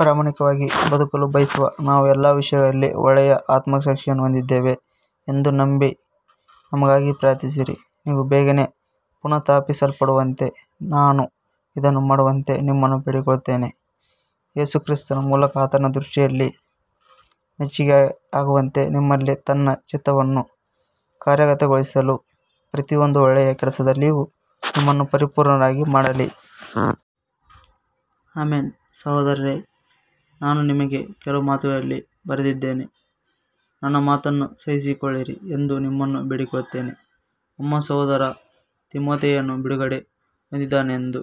ಪ್ರಾಮಾಣಿಕವಾಗಿ ಬದುಕಲು ಬಯಸುವ ನಾವು ಎಲ್ಲ ವಿಷಯಗಳಲ್ಲಿ ಒಳ್ಳೆಯ ಆತ್ಮಸಾಕ್ಷಿಯನ್ನು ಹೊಂದಿದ್ದೇವೆ ಎಂದು ನಂಬಿ ನಮಗಾಗಿ ಪ್ರಾರ್ಥಿಸಿರಿ. ನೀವು ಬೇಗನೆ ಪುನಃಸ್ಥಾಪಿಸಲ್ಪಡುವಂತೆ ನಾನು ಇದನ್ನು ಮಾಡುವಂತೆ ನಿಮ್ಮನ್ನು ಬೇಡಿಕೊಳ್ಳುತ್ತೇನೆ. ಯೇಸು ಕ್ರಿಸ್ತನ ಮೂಲಕ ಆತನ ದೃಷ್ಟಿಯಲ್ಲಿ ಮೆಚ್ಚಿಕೆಯಾಗುವಂತೆ ನಿಮ್ಮಲ್ಲಿ ತನ್ನ ಚಿತ್ತವನ್ನು ಕಾರ್ಯಗತಗೊಳಿಸಲು ಪ್ರತಿಯೊಂದು ಒಳ್ಳೆಯ ಕೆಲಸದಲ್ಲಿಯೂ ನಿಮ್ಮನ್ನು ಪರಿಪೂರ್ಣರನ್ನಾಗಿ ಮಾಡಲಿ. ಆಮೆನ್. ಸಹೋದರರೇ, ನಾನು ನಿಮಗೆ ಕೆಲವು ಮಾತುಗಳಲ್ಲಿ ಬರೆದಿದ್ದೇನೆ, ನನ್ನ ಮಾತನ್ನು ಸಹಿಸಿಕೊಳ್ಳಿರಿ ಎಂದು ನಿಮ್ಮನ್ನು ಬೇಡಿಕೊಳ್ಳುತ್ತೇನೆ. ನಮ್ಮ ಸಹೋದರ ತಿಮೊಥೆಯನು ಬಿಡುಗಡೆ ಹೊಂದಿದ್ದಾನೆಂದು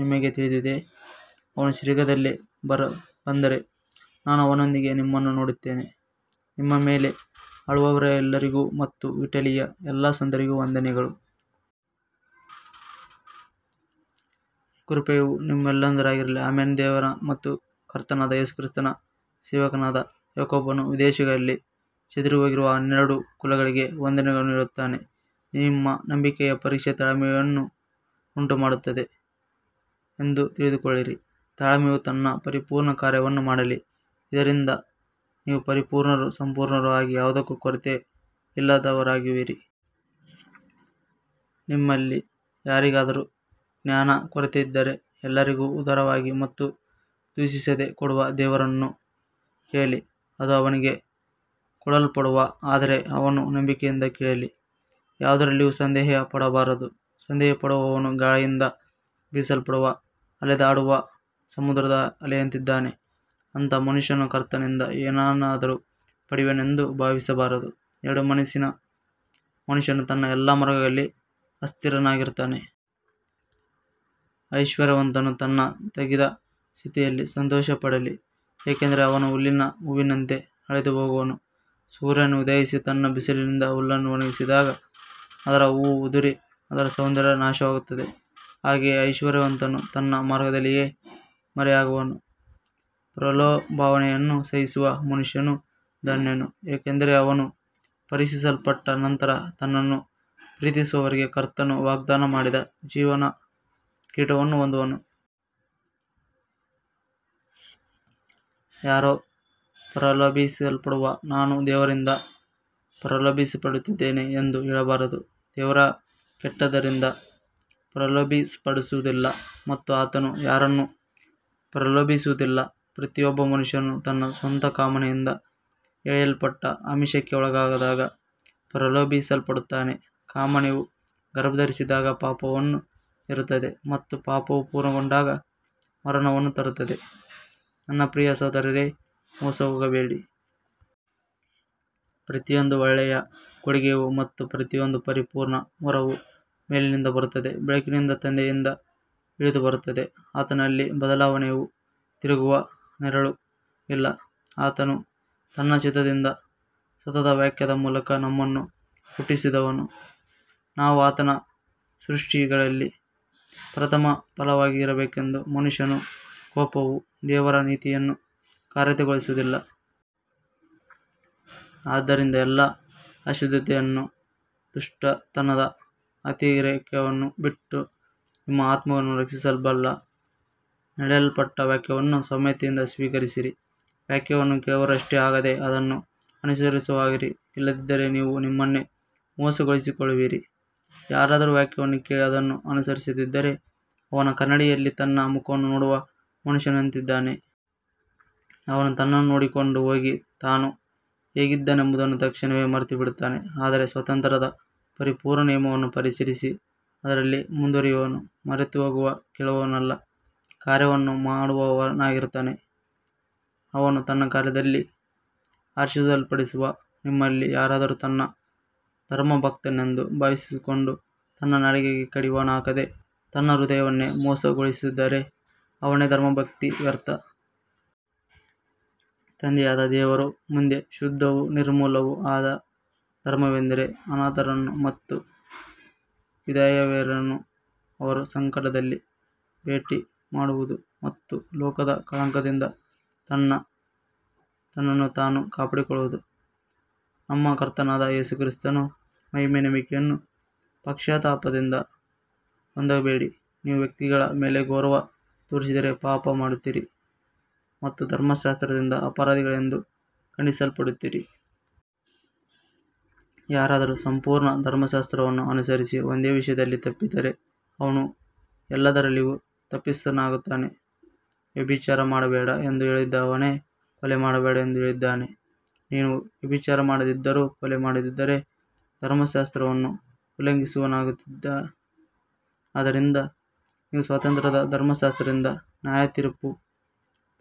ನಿಮಗೆ ತಿಳಿದಿದೆ. ಅವನು ಶೀಘ್ರದಲ್ಲೇ ಬಂದರೆ ನಾನು ಅವನೊಂದಿಗೆ ನಿಮ್ಮನ್ನು ನೋಡುತ್ತೇನೆ. ನಿಮ್ಮ ಮೇಲೆ ಆಳುವವರೆಲ್ಲರಿಗೂ ಮತ್ತು ಇಟಲಿಯ ಎಲ್ಲಾ ಸಂತರಿಗೂ ವಂದನೆಗಳು. ಕೃಪೆಯು ನಿಮ್ಮೆಲ್ಲರೊಂದಿಗಿರಲಿ. ಆಮೆನ್. ದೇವರ ಮತ್ತು ಕರ್ತನಾದ ಯೇಸು ಕ್ರಿಸ್ತನ ಸೇವಕನಾದ ಯಾಕೋಬನು ವಿದೇಶಗಳಲ್ಲಿ ಚದರಿಹೋಗಿರುವ ಹನ್ನೆರಡು ಕುಲಗಳಿಗೆ ವಂದನೆಗಳನ್ನು ಹೇಳುತ್ತಾನೆ. ನಿಮ್ಮ ನಂಬಿಕೆಯ ಪರೀಕ್ಷೆಯು ತಾಳ್ಮೆಯನ್ನು ಉಂಟುಮಾಡುತ್ತದೆ ಎಂದು ತಿಳಿದುಕೊಳ್ಳಿರಿ. ತಾಳ್ಮೆಯು ತನ್ನ ಪರಿಪೂರ್ಣ ಕಾರ್ಯವನ್ನು ಮಾಡಲಿ, ಇದರಿಂದ ನೀವು ಪರಿಪೂರ್ಣರೂ ಸಂಪೂರ್ಣರೂ ಆಗಿ ಯಾವುದಕ್ಕೂ ಕೊರತೆಯಿಲ್ಲದವರಾಗಿರುವಿರಿ. ನಿಮ್ಮಲ್ಲಿ ಯಾರಿಗಾದರೂ ಜ್ಞಾನ ಕೊರತೆಯಿದ್ದರೆ ಎಲ್ಲರಿಗೂ ಉದಾರವಾಗಿ ಮತ್ತು ದೂಷಿಸದೆ ಕೊಡುವ ದೇವರನ್ನು ಕೇಳಲಿ, ಅದು ಅವನಿಗೆ ಕೊಡಲ್ಪಡುವುದು. ಆದರೆ ಅವನು ನಂಬಿಕೆಯಿಂದ ಕೇಳಲಿ, ಯಾವುದರಲ್ಲಿಯೂ ಸಂದೇಹಪಡಬಾರದು. ಸಂದೇಹಪಡುವವನು ಗಾಳಿಯಿಂದ ಬೀಸಲ್ಪಟ್ಟು ಅಲೆದಾಡುವ ಸಮುದ್ರದ ಅಲೆಯಂತಿದ್ದಾನೆ. ಅಂಥ ಮನುಷ್ಯನು ಕರ್ತನಿಂದ ಏನನ್ನಾದರೂ ಪಡೆಯುವೆನೆಂದು ಭಾವಿಸಬಾರದು. ಎರಡು ಮನಸ್ಸಿನ ಮನುಷ್ಯನು ತನ್ನ ಎಲ್ಲಾ ಮಾರ್ಗಗಳಲ್ಲಿ ಅಸ್ಥಿರನಾಗಿರುತ್ತಾನೆ. ಐಶ್ವರ್ಯವಂತನು ತನ್ನ ತಗ್ಗಿದ ಸ್ಥಿತಿಯಲ್ಲಿ ಸಂತೋಷಪಡಲಿ, ಏಕೆಂದರೆ ಅವನು ಹುಲ್ಲಿನ ಹೂವಿನಂತೆ ಅಳಿದುಹೋಗುವನು. ಸೂರ್ಯನು ಉದಯಿಸಿ ತನ್ನ ಬಿಸಿಲಿನಿಂದ ಹುಲ್ಲನ್ನು ಒಣಗಿಸಿದಾಗ ಅದರ ಹೂವು ಉದುರಿ ಅದರ ಸೌಂದರ್ಯ ನಾಶವಾಗುತ್ತದೆ. ಹಾಗೆಯೇ ಐಶ್ವರ್ಯವಂತನು ತನ್ನ ಮಾರ್ಗದಲ್ಲಿಯೇ ಮರೆಯಾಗುವನು. ಪ್ರಲೋಭನೆಯನ್ನು ಸಹಿಸುವ ಮನುಷ್ಯನು ಧನ್ಯನು, ಏಕೆಂದರೆ ಅವನು ಪರೀಕ್ಷಿಸಲ್ಪಟ್ಟ ನಂತರ ತನ್ನನ್ನು ಪ್ರೀತಿಸುವವರಿಗೆ ಕರ್ತನು ವಾಗ್ದಾನ ಮಾಡಿದ ಜೀವದ ಕಿರೀಟವನ್ನು ಹೊಂದುವನು. ಯಾರೂ ಪ್ರಲೋಭಿಸಲ್ಪಡುವಾಗ ನಾನು ದೇವರಿಂದ ಪ್ರಲೋಭಿಸಲ್ಪಡುತ್ತಿದ್ದೇನೆ ಎಂದು ಹೇಳಬಾರದು. ದೇವರು ಕೆಟ್ಟದ್ದರಿಂದ ಪ್ರಲೋಭಿಸಲ್ಪಡುವುದಿಲ್ಲ ಮತ್ತು ಆತನು ಯಾರನ್ನೂ ಪ್ರಲೋಭಿಸುವುದಿಲ್ಲ. ಪ್ರತಿಯೊಬ್ಬ ಮನುಷ್ಯನು ತನ್ನ ಸ್ವಂತ ಕಾಮನೆಯಿಂದ ಎಳೆಯಲ್ಪಟ್ಟು ಆಮಿಷಕ್ಕೆ ಒಳಗಾದಾಗ ಪ್ರಲೋಭಿಸಲ್ಪಡುತ್ತಾನೆ. ಕಾಮನೆಯು ಗರ್ಭಧರಿಸಿದಾಗ ಪಾಪವನ್ನು ಹೆರುತ್ತದೆ ಮತ್ತು ಪಾಪವು ಪೂರ್ಣಗೊಂಡಾಗ ಮರಣವನ್ನು ತರುತ್ತದೆ. ನನ್ನ ಪ್ರಿಯ ಸಹೋದರರೇ, ಮೋಸಹೋಗಬೇಡಿ. ಪ್ರತಿಯೊಂದು ಒಳ್ಳೆಯ ಕೊಡುಗೆಯೂ ಮತ್ತು ಪ್ರತಿಯೊಂದು ಪರಿಪೂರ್ಣ ವರವೂ ಮೇಲಿನಿಂದ ಬರುತ್ತದೆ, ಬೆಳಕಿನ ತಂದೆಯಿಂದ ಇಳಿದುಬರುತ್ತದೆ. ಆತನಲ್ಲಿ ಬದಲಾವಣೆಯೂ ತಿರುಗುವ ನೆರಳೂ ಇಲ್ಲ. ಆತನು ತನ್ನ ಚಿತ್ತದಿಂದ ಸತ್ಯದ ವಾಕ್ಯದ ಮೂಲಕ ನಮ್ಮನ್ನು ಹುಟ್ಟಿಸಿದನು, ನಾವು ಆತನ ಸೃಷ್ಟಿಗಳಲ್ಲಿ ಪ್ರಥಮಫಲವಾಗಿರಬೇಕೆಂದು. ಮನುಷ್ಯನ ಕೋಪವು ದೇವರ ನೀತಿಯನ್ನು ಕಾರ್ಯಗತಗೊಳಿಸುವುದಿಲ್ಲ. ಆದ್ದರಿಂದ ಎಲ್ಲಾ ಅಶುದ್ಧತೆಯನ್ನೂ ದುಷ್ಟತನದ ಅತಿರೇಕವನ್ನೂ ಬಿಟ್ಟು ನಿಮ್ಮ ಆತ್ಮಗಳನ್ನು ರಕ್ಷಿಸಬಲ್ಲ ನೆಡಲ್ಪಟ್ಟ ವಾಕ್ಯವನ್ನು ಸೌಮ್ಯತೆಯಿಂದ ಸ್ವೀಕರಿಸಿರಿ. ವಾಕ್ಯವನ್ನು ಕೇಳುವವರಷ್ಟೇ ಆಗದೆ ಅದನ್ನು ಅನುಸರಿಸುವವರಾಗಿರಿ, ಇಲ್ಲದಿದ್ದರೆ ನೀವು ನಿಮ್ಮನ್ನೇ ಮೋಸಗೊಳಿಸಿಕೊಳ್ಳುವಿರಿ. ಯಾರಾದರೂ ವಾಕ್ಯವನ್ನು ಕೇಳಿ ಅದನ್ನು ಅನುಸರಿಸದಿದ್ದರೆ ಅವನು ಕನ್ನಡಿಯಲ್ಲಿ ತನ್ನ ಮುಖವನ್ನು ನೋಡುವ ಮನುಷ್ಯನಂತಿದ್ದಾನೆ. ಅವನು ತನ್ನನ್ನು ನೋಡಿಕೊಂಡು ಹೋಗಿ ತಾನು ಹೇಗಿದ್ದನೆಂಬುದನ್ನು ತಕ್ಷಣವೇ ಮರೆತುಬಿಡುತ್ತಾನೆ. ಆದರೆ ಸ್ವಾತಂತ್ರ್ಯದ ಪರಿಪೂರ್ಣ ನಿಯಮವನ್ನು ಪರಿಶೀಲಿಸಿ ಅದರಲ್ಲಿ ಮುಂದುವರಿಯುವವನು ಮರೆತುಹೋಗುವ ಕೇಳುವವನಲ್ಲ, ಕಾರ್ಯವನ್ನು ಮಾಡುವವನಾಗಿರುತ್ತಾನೆ. ಅವನು ತನ್ನ ಕಾರ್ಯದಲ್ಲಿ ಆಶೀರ್ವದಿಸಲ್ಪಡುವನು. ನಿಮ್ಮಲ್ಲಿ ಯಾರಾದರೂ ತಾನು ಧರ್ಮಭಕ್ತನೆಂದು ಭಾವಿಸಿಕೊಂಡು ತನ್ನ ನಾಲಿಗೆಗೆ ಕಡಿವಾಣ ಹಾಕದೆ ತನ್ನ ಹೃದಯವನ್ನೇ ಮೋಸಗೊಳಿಸಿದರೆ ಅವನ ಧರ್ಮಭಕ್ತಿ ವ್ಯರ್ಥ. ತಂದೆಯಾದ ದೇವರ ಮುಂದೆ ಶುದ್ಧವೂ ನಿರ್ಮಲವೂ ಆದ ಧರ್ಮವೆಂದರೆ ಅನಾಥರನ್ನು ಮತ್ತು ವಿಧವೆಯರನ್ನು ಅವರ ಸಂಕಟದಲ್ಲಿ ಭೇಟಿಮಾಡುವುದು ಮತ್ತು ಲೋಕದ ಕಳಂಕದಿಂದ ತನ್ನನ್ನು ತಾನು ಕಾಪಾಡಿಕೊಳ್ಳುವುದು. ನಮ್ಮ ಕರ್ತನಾದ ಯೇಸು ಕ್ರಿಸ್ತನ ಮಹಿಮೆಯ ನಂಬಿಕೆಯನ್ನು ಪಕ್ಷಪಾತದಿಂದ ಹೊಂದಬೇಡಿ. ನೀವು ವ್ಯಕ್ತಿಗಳ ಮೇಲೆ ಗೌರವ ತೋರಿಸಿದರೆ ಪಾಪ ಮಾಡುತ್ತೀರಿ ಮತ್ತು ಧರ್ಮಶಾಸ್ತ್ರದಿಂದ ಅಪರಾಧಿಗಳೆಂದು ಖಂಡಿಸಲ್ಪಡುತ್ತೀರಿ. ಯಾರಾದರೂ ಸಂಪೂರ್ಣ ಧರ್ಮಶಾಸ್ತ್ರವನ್ನು ಅನುಸರಿಸಿ ಒಂದೇ ವಿಷಯದಲ್ಲಿ ತಪ್ಪಿದರೆ ಅವನು ಎಲ್ಲದರಲ್ಲಿಯೂ ತಪ್ಪಿತಸ್ಥನಾಗುತ್ತಾನೆ. ವ್ಯಭಿಚಾರ ಮಾಡಬೇಡ ಎಂದು ಹೇಳಿದವನೇ ಕೊಲೆ ಮಾಡಬೇಡ ಎಂದೂ ಹೇಳಿದ್ದಾನೆ. ನೀನು ವ್ಯಭಿಚಾರ ಮಾಡದಿದ್ದರೂ ಕೊಲೆ ಮಾಡಿದರೆ ಧರ್ಮಶಾಸ್ತ್ರವನ್ನು ಉಲ್ಲಂಘಿಸುವವನಾಗುತ್ತೀ. ಆದ್ದರಿಂದ ನೀವು ಸ್ವಾತಂತ್ರ್ಯದ ಧರ್ಮಶಾಸ್ತ್ರದಿಂದ ನ್ಯಾಯತೀರ್ಪು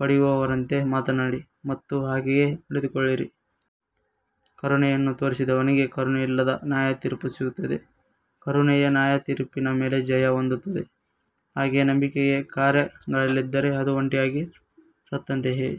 ಪಡೆಯುವವರಂತೆ ಮಾತನಾಡಿ ಮತ್ತು ಹಾಗೆಯೇ ನಡೆದುಕೊಳ್ಳಿರಿ. ಕರುಣೆಯನ್ನು ತೋರಿಸದವನಿಗೆ ಕರುಣೆಯಿಲ್ಲದ ನ್ಯಾಯತೀರ್ಪು ಸಿಗುತ್ತದೆ. ಕರುಣೆಯು ನ್ಯಾಯತೀರ್ಪಿನ ಮೇಲೆ ಜಯ ಹೊಂದುತ್ತದೆ. ಹಾಗೆಯೇ ನಂಬಿಕೆಗೆ ಕಾರ್ಯಗಳಿಲ್ಲದಿದ್ದರೆ ಅದು ಒಂಟಿಯಾಗಿ ಸತ್ತಂತೆಯೇ.